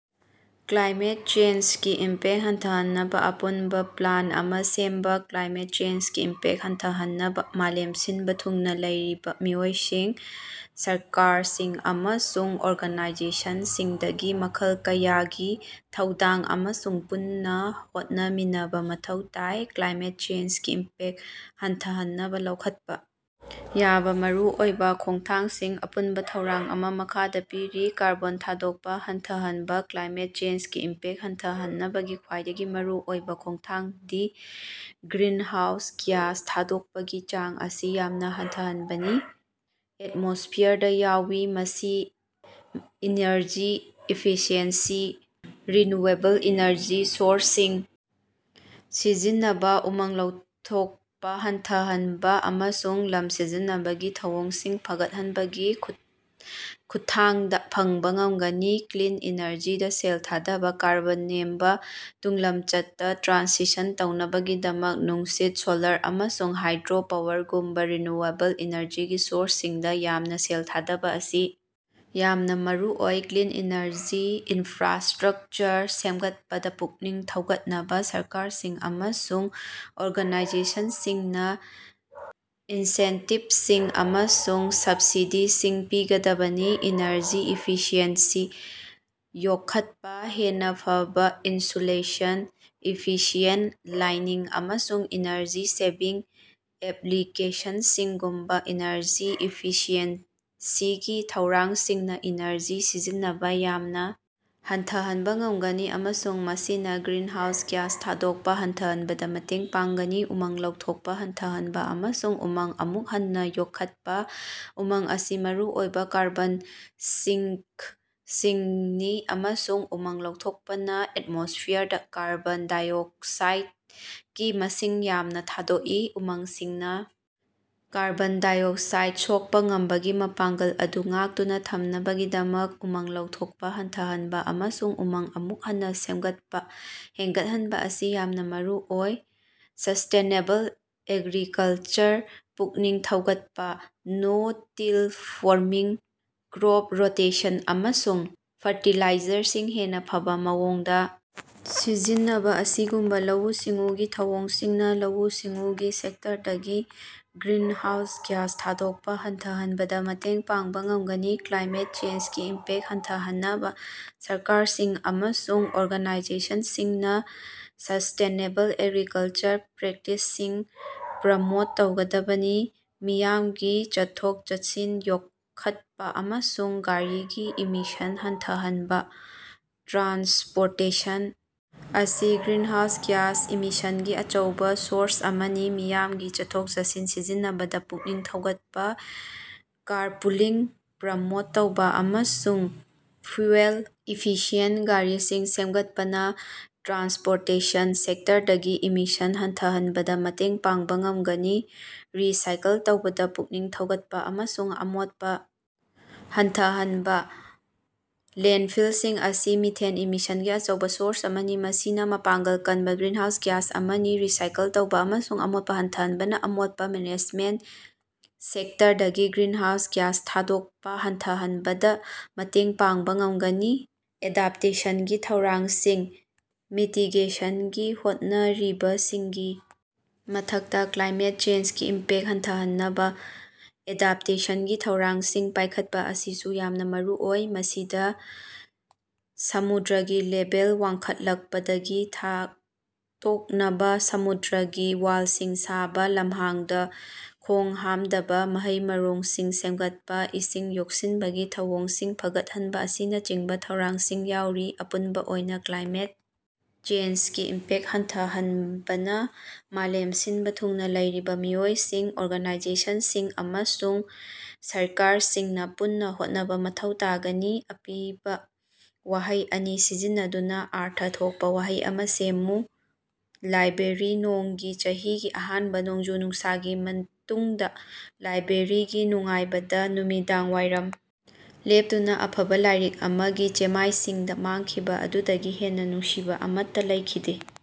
Climate ꯆꯦꯟꯖꯒꯤ impact ꯍꯟꯊꯍꯟꯅꯕ ꯑꯄꯨꯟꯕ ꯄ꯭ꯂꯥꯟ ꯑꯃ ꯁꯦꯝꯕ꯫ ꯀ꯭ꯂꯥꯏꯃꯦꯠ ꯆꯦꯟꯖꯒꯤ ꯏꯝꯄꯦꯛ ꯍꯟꯊꯍꯟꯅꯕ ꯃꯥꯂꯦꯝ ꯁꯤꯟꯕ ꯊꯨꯡꯅ ꯂꯩꯔꯤꯕ ꯃꯤꯑꯣꯏꯁꯤꯡ, ꯁꯔꯀꯥ꯭ꯔꯁꯤꯡ ꯑꯃꯁꯨꯡ ꯑꯣꯔꯒꯅꯥꯏꯖꯦꯁꯟꯁꯤꯡꯗꯒꯤ ꯃꯈꯜ ꯀꯌꯥꯒꯤ ꯊꯧꯗꯥꯡ ꯑꯃꯁꯨꯡ ꯄꯨꯟꯅ ꯍꯣꯠꯅꯃꯤꯟꯅꯕ ꯃꯊꯧ ꯇꯥꯏ꯫ ꯀ꯭ꯂꯥꯏꯃꯦꯠ ꯆꯦꯟꯖꯒꯤ ꯏꯝꯄꯦꯛ ꯍꯟꯊꯍꯟꯅꯕ ꯂꯧꯈꯠꯄ ꯌꯥꯕ ꯃꯔꯨꯑꯣꯏꯕ ꯈꯣꯡꯊꯥꯡꯁꯤꯡ, ꯑꯄꯨꯟꯕ ꯊꯧꯔꯥꯡ ꯑꯃ ꯃꯈꯥꯗ ꯄꯤꯔꯤ: ꯀꯥꯔꯕꯣꯟ ꯊꯥꯗꯣꯛꯄ ꯍꯟꯊꯍꯟꯕ: ꯀ꯭ꯂꯥꯏꯃꯦꯠ ꯆꯦꯟꯖꯒꯤ ꯏꯝꯄꯦꯛ ꯍꯟꯊꯍꯟꯅꯕꯒꯤ ꯈ꯭ꯋꯥꯏꯗꯒꯤ ꯃꯔꯨꯑꯣꯏꯕ ꯈꯣꯡꯊꯥꯡꯗꯤ ꯒ꯭ꯔꯤꯟꯍꯥꯎꯁ ꯒ꯭ꯌꯥꯁ ꯊꯥꯗꯣꯛꯄꯒꯤ ꯆꯥꯡ ꯑꯁꯤ ꯌꯥꯝꯅ ꯍꯟꯊꯍꯟꯕꯅꯤ꯫ ꯑꯦꯠꯃ꯭ꯣꯁꯐꯤꯌꯔꯗ ꯌꯥꯎꯏ꯫ ꯃꯁꯤ ꯏꯅ꯭ꯔꯖꯤ ꯏꯐꯤꯁꯤꯑꯦꯟꯁꯤ, ꯔꯤꯅ꯭ꯌꯨꯑꯦꯕꯜ ꯏꯅ꯭ꯔꯖꯤ ꯁꯣꯔꯁꯁꯤꯡ ꯁꯤꯖꯤꯟꯅꯕ, ꯎꯃꯪ ꯂꯧꯊꯣꯛꯄ ꯍꯟꯊꯍꯅꯕ, ꯑꯃꯁꯨꯡ ꯂꯝ ꯁꯤꯖꯤꯟꯅꯕꯒꯤ ꯊꯧꯑꯣꯡꯁꯤꯡ ꯐꯒꯠꯍꯟꯕꯒꯤ ꯈꯨꯠꯊꯥꯡꯗꯥꯂ ꯐꯪꯕꯥ ꯉꯝꯒꯅꯤ꯫ ꯀ꯭ꯂꯤꯟ ꯏꯅ꯭ꯔꯖꯤꯗ ꯁꯦꯜ ꯊꯥꯗꯕ: ꯀꯥꯔꯕꯣꯟ ꯅꯦꯝꯕ ꯇꯨꯡꯂꯝꯆꯠꯇ ꯇ꯭ꯔꯥꯟꯁꯤꯁꯟ ꯇꯧꯅꯕꯒꯤꯗꯃꯛ, ꯅꯨꯡꯁꯤꯠ, ꯁꯣꯂꯥꯔ, ꯑꯃꯁꯨꯡ ꯍꯥꯏꯗ꯭ꯔꯣ ꯄꯥꯋꯔꯒꯨꯝꯕ ꯔꯤꯅ꯭ꯌꯨꯑꯦꯕꯜ ꯏꯅꯔꯖꯤꯒꯤ ꯁꯣꯔꯁꯁꯤꯡꯗ ꯌꯥꯝꯅ ꯁꯦꯜ ꯊꯥꯗꯕ ꯑꯁꯤ ꯌꯥꯝꯅ ꯃꯔꯨꯑꯣꯏ꯫ ꯀ꯭ꯂꯤꯟ ꯏꯅ꯭ꯔꯖꯤ ꯏꯅꯐ꯭ꯔꯥꯁ꯭ꯇꯔꯛꯆꯔ ꯁꯦꯝꯒꯠꯄꯗ ꯄꯨꯛꯅꯤꯡ ꯊꯧꯒꯠꯅꯕꯥ ꯁꯔꯀꯥꯔꯁꯤꯡ ꯑꯃꯁꯨꯡ ꯑꯣꯔꯒꯅꯥꯏꯖꯦꯁꯟꯁꯤꯡꯅ ꯏꯟꯁꯦꯟꯇꯤꯕꯁꯤꯡ ꯑꯃꯁꯨꯡ ꯁꯕꯁꯤꯗꯤꯁꯤꯡ ꯄꯤꯒꯗꯕꯅꯤ꯫ ꯏꯅ꯭ꯔꯖꯤ ꯏꯐꯤꯁꯤꯑꯦꯟꯁꯤ ꯌꯣꯛꯈꯠꯄ: ꯍꯦꯟꯅ ꯐꯕ ꯏꯟꯁꯨꯂꯦꯁꯟ, ꯏꯐꯤꯁꯤꯌꯦꯟꯠ ꯂꯥꯏꯇꯤꯡ, ꯑꯃꯁꯨꯡ ꯏꯅ꯭ꯔꯖꯤ ꯁꯦꯚꯤꯡ ꯑꯦꯞꯂꯤꯀꯦꯁꯟꯁꯤꯡꯒꯨꯝꯕ ꯏꯅ꯭ꯔꯖꯤ ꯏꯐꯤꯁꯤꯑꯦꯟꯁꯤꯒꯤ ꯊꯧꯔꯥꯡꯁꯤꯡꯅ ꯏꯅ꯭ꯔꯖꯤ ꯁꯤꯖꯤꯟꯅꯕ ꯌꯥꯝꯅ ꯍꯟꯊꯍꯟꯕ ꯉꯝꯒꯅꯤ ꯑꯃꯁꯨꯡ ꯃꯁꯤꯅ ꯒ꯭ꯔꯤꯟꯍꯥꯎꯁ ꯒ꯭ꯌꯥꯁ ꯊꯥꯗꯣꯛꯄ ꯍꯟꯊꯍꯟꯕꯗ ꯃꯇꯦꯡ ꯄꯥꯡꯒꯅꯤ꯫ ꯎꯃꯪ ꯂꯧꯊꯣꯛꯄ ꯍꯟꯊꯍꯟꯕ ꯑꯃꯁꯨꯡ ꯎꯃꯪ ꯑꯃꯨꯛ ꯍꯟꯅ ꯌꯣꯛꯈꯠꯄ: ꯎꯃꯪ ꯑꯁꯤ ꯃꯔꯨꯑꯣꯏꯕ ꯀꯥꯔꯕꯣꯟ ꯁꯤꯡꯛꯁꯤꯡꯅꯤ ꯑꯃꯁꯨꯡ ꯎꯃꯪ ꯂꯧꯊꯣꯛꯄꯅ ꯑꯦꯠꯃꯣꯁ꯭ꯐꯤꯌꯔꯗ ꯀꯥꯔꯕꯣꯟ ꯗꯥꯏꯑꯣꯛꯁꯥꯏꯗꯀꯤ ꯃꯁꯤꯡ ꯌꯥꯝꯅ ꯊꯥꯗꯣꯛꯏ꯫ ꯎꯃꯪꯁꯤꯡꯅ ꯀꯥꯔꯕꯣꯟ ꯗꯥꯏꯑꯣꯛꯁꯥꯏꯗ ꯁꯣꯛꯄ ꯉꯝꯕꯒꯤ ꯃꯄꯥꯡꯒꯜ ꯑꯗꯨ ꯉꯥꯛꯇꯨꯅ ꯊꯝꯅꯕꯒꯤꯗꯃꯛ ꯎꯃꯪ ꯂꯧꯊꯣꯛꯄ ꯍꯟꯊꯍꯟꯕ ꯑꯃꯁꯨꯡ ꯎꯃꯪ ꯑꯃꯨꯛ ꯍꯟꯅ ꯁꯦꯃꯒꯠꯄ ꯍꯦꯡꯒꯠꯍꯟꯕ ꯑꯁꯤ ꯌꯥꯝꯅ ꯃꯔꯨꯑꯣꯏ꯫ ꯁ꯭ꯁꯇꯦꯅꯦꯕꯜ ꯑꯦꯒ꯭ꯔꯤꯀꯜꯆꯔ ꯄꯨꯛꯅꯤꯡ ꯊꯧꯒꯠꯄ: ꯅꯣ-ꯇꯤꯜ ꯐꯥꯔꯃꯤꯡ, ꯀ꯭ꯔꯣꯞ ꯔꯣꯇꯦꯁꯟ, ꯑꯃꯁꯨꯡ ꯐ꯭ꯔꯇꯤꯂꯥꯏꯖꯔꯁꯤꯡ ꯍꯦꯟꯅ ꯐꯕ ꯃꯑꯣꯡꯗ ꯁꯤꯖꯤꯟꯅꯕ ꯑꯁꯤꯒꯨꯝꯕ ꯂꯧꯎ-ꯁꯤꯡꯎꯒꯤ ꯊꯧꯑꯣꯡꯁꯤꯡꯅ ꯂꯧꯎ-ꯁꯤꯡꯎꯒꯤ ꯁꯦꯛꯇꯔꯗꯒꯤ ꯒ꯭ꯔꯤꯅꯍꯥꯎꯁ ꯒ꯭ꯌꯥꯁ ꯊꯥꯗꯣꯛꯄ ꯍꯟꯊꯍꯟꯕꯗ ꯃꯇꯦꯡ ꯄꯥꯡꯕ ꯉꯝꯒꯅꯤ꯫ ꯀ꯭ꯂꯥꯏꯃꯦꯠ ꯆꯦꯟꯖꯒꯤ ꯏꯝꯄꯦꯛ ꯍꯟꯊꯍꯟꯅꯕ ꯁꯔꯀꯥꯔꯁꯤꯡ ꯑꯃꯁꯨꯡ ꯑꯣꯔꯒꯥꯅꯥꯏꯖꯦꯁꯟꯁꯤꯡꯅ ꯁ꯭ꯁꯇꯦꯅꯦꯕꯜ ꯑꯦꯒ꯭ꯔꯤꯀꯜꯆꯔ ꯄ꯭ꯔꯦꯛꯇꯤꯁꯁꯤꯡ ꯄ꯭ꯔꯃꯣꯠ ꯇꯧꯒꯗꯕꯅꯤ꯫ ꯃꯤꯌꯥꯝꯒꯤ ꯆꯠꯊꯣꯛ-ꯆꯠꯁꯤꯟ ꯌꯣꯛꯈꯠꯄ ꯑꯃꯁꯨꯡ ꯒꯥꯔꯤꯒꯤ ꯏꯃꯤꯁꯟ ꯍꯟꯊꯍꯟꯕ: ꯇ꯭ꯔꯥꯟꯁꯄꯣꯔꯇꯦꯁꯟ ꯑꯁꯤ ꯒ꯭ꯔꯤꯟꯍꯥꯎꯁ ꯒ꯭ꯌꯥꯁ ꯏꯃꯤꯁꯟꯒꯤ ꯑꯆꯧꯕꯥ ꯁꯣꯔꯁ ꯑꯃꯅꯤ꯫ ꯃꯤꯌꯥꯝꯒꯤ ꯆꯠꯊꯣꯛ-ꯆꯠꯁꯤꯟ ꯁꯤꯖꯤꯟꯅꯕꯗ ꯄꯨꯛꯅꯤꯡ ꯊꯧꯒꯠꯄ, ꯀꯥꯔꯄꯨꯂꯤꯡ ꯄ꯭ꯔꯃꯣꯠ ꯇꯧꯕꯥ, ꯑꯃꯁꯨꯡ ꯐ꯭ꯌꯨꯑꯦꯜ ꯏꯐꯤꯁꯤꯌꯦꯟꯠ ꯒꯥꯔꯤꯁꯤꯡ ꯁꯦꯝꯒꯠꯄꯅ ꯇ꯭ꯔꯥꯟꯁꯄꯣꯔꯇꯦꯁꯟ ꯁꯦꯛꯇꯔꯗꯒꯤ ꯏꯃꯤꯁꯟ ꯍꯟꯊꯍꯟꯕꯗ ꯃꯇꯦꯡ ꯄꯥꯡꯕ ꯉꯝꯒꯅꯤ꯫ ꯔꯤꯁꯥꯏꯀꯜ ꯇꯧꯕꯗ ꯄꯨꯛꯅꯤꯡ ꯊꯧꯒꯠꯄ ꯑꯃꯁꯨꯡ ꯑꯃꯣꯠꯄ ꯍꯟꯊꯍꯟꯕ: ꯂꯦꯟꯗꯐꯤꯜꯁꯤꯡ ꯑꯁꯤ ꯃꯤꯊꯦꯟ ꯏꯃꯤꯁꯟꯒꯤ ꯑꯆꯧꯕꯥ ꯁꯣꯔꯁ ꯑꯃꯅꯤ, ꯃꯁꯤꯅ ꯃꯄꯥꯡꯒꯜ ꯀꯟꯕ ꯒ꯭ꯔꯤꯅꯍꯥꯎꯁ ꯒ꯭ꯌꯥꯁ ꯑꯃꯅꯤ꯫ ꯔꯤꯁꯥꯏꯀꯜ ꯇꯧꯕꯥ ꯑꯃꯁꯨꯡ ꯑꯃꯣꯠꯄ ꯍꯟꯊꯍꯟꯕꯅ ꯑꯃꯣꯠꯄ ꯃꯦꯅꯦꯖꯃꯦꯟꯠ ꯁꯦꯛꯇ꯭ꯔꯗꯒꯤ ꯒ꯭ꯔꯤꯅꯍꯥꯎꯁ ꯒ꯭ꯌꯥꯁ ꯊꯥꯗꯣꯛꯄ ꯍꯟꯊꯍꯟꯕꯗ ꯃꯇꯦꯡ ꯄꯥꯡꯕ ꯉꯝꯒꯅꯤ꯫ ꯑꯦꯗꯥꯞꯇꯦꯁꯟꯒꯤ ꯊꯧꯔꯥꯡꯁꯤꯡ: ꯃꯤꯇꯤꯒꯦꯁꯟꯒꯤ ꯍꯣꯠꯅꯔꯤꯕꯁꯤꯡꯒꯤ ꯃꯊꯛꯇ, ꯀ꯭ꯂꯥꯏꯃꯦꯠ ꯆꯦꯟꯖꯒꯤ ꯏꯝꯄꯦꯛ ꯍꯟꯊꯍꯟꯅꯕ ꯑꯦꯗꯥꯞꯇꯦꯁꯟꯒꯤ ꯊꯧꯔꯥꯡꯁꯤꯡ ꯄꯥꯏꯈꯠꯄ ꯑꯁꯤꯁꯨ ꯌꯥꯝꯅ ꯃꯔꯨꯑꯣꯏ꯫ ꯃꯁꯤꯗ ꯁꯃꯨꯗ꯭ꯔꯒꯤ ꯂꯦꯚꯦꯜ ꯋꯥꯡꯈꯠꯂꯛꯄꯗꯒꯤ ꯉꯥꯛꯊꯣꯛꯅꯕ ꯁꯃꯨꯗ꯭ꯔꯒꯤ ꯋꯥꯜꯁꯤꯡ ꯁꯥꯕ, ꯂꯝꯍꯥꯡꯗ ꯈꯣꯡꯍꯥꯝꯗꯕ ꯃꯍꯩ-ꯃꯔꯣꯡꯁꯤꯡ ꯁꯦꯝꯒꯠꯄ, ꯏꯁꯤꯡ ꯌꯣꯛꯁꯤꯟꯕꯒꯤ ꯊꯧꯑꯣꯡꯁꯤꯡ ꯐꯒꯠꯍꯟꯕ ꯑꯁꯤꯅꯆꯤꯡꯕ ꯊꯧꯔꯥꯡꯁꯤꯡ ꯌꯥꯎꯔꯤ꯫ ꯑꯄꯨꯟꯕ ꯑꯣꯏꯅ, ꯀ꯭ꯂꯥꯏꯃꯦꯠ ꯆꯦꯟꯖꯒꯤ ꯏꯝꯄꯦꯛ ꯍꯟꯊꯍꯟꯅꯕꯥꯂ ꯃꯥꯂꯦꯝ ꯁꯤꯟꯕ ꯊꯨꯡꯅ ꯂꯩꯔꯤꯕ ꯃꯤꯑꯣꯏꯁꯤꯡ, ꯑꯣꯔꯒꯥꯅꯥꯏꯖꯦꯁꯟꯁꯤꯡ ꯑꯃꯁꯨꯡ ꯁ꯭ꯔꯀꯥꯔꯁꯤꯡꯅ ꯄꯨꯟꯅ ꯍꯣꯠꯅꯕ ꯃꯊꯧ ꯇꯥꯒꯅꯤ꯫ ꯑꯄꯤꯕ ꯋꯥꯍꯩ ꯑꯅꯤ ꯁꯤꯖꯤꯟꯅꯗꯨꯅ ꯑꯔꯊ ꯊꯣꯛꯄ ꯋꯥꯍꯩ ꯑꯃ ꯁꯦꯝꯃꯨ꯫ ꯂꯥꯏꯕ꯭ꯔꯦꯔꯤ, ꯅꯣꯡꯒꯤ꯫ ꯆꯍꯤꯒꯤ ꯑꯍꯥꯟꯕ ꯅꯣꯡꯖꯨ-ꯅꯨꯡꯁꯥꯒꯤ ꯃꯇꯨꯡꯗ ꯂꯥꯏꯕ꯭ꯔꯦꯔꯤꯒꯤ ꯅꯨꯡꯉꯥꯏꯕꯗ ꯅꯨꯃꯤꯗꯥꯡꯋꯥꯏꯔꯝ ꯂꯦꯞꯇꯨꯅ, ꯑꯐꯕꯥ ꯂꯥꯏꯔꯤꯛ ꯑꯃꯒꯤ ꯆꯦꯃꯥꯏꯁꯤꯡꯗ ꯃꯥꯡꯈꯤꯕ ꯑꯗꯨꯗꯒꯤ ꯍꯦꯟꯅ ꯅꯨꯡꯁꯤꯕ ꯑꯃꯠꯇ ꯂꯩꯈꯤꯗꯦ꯫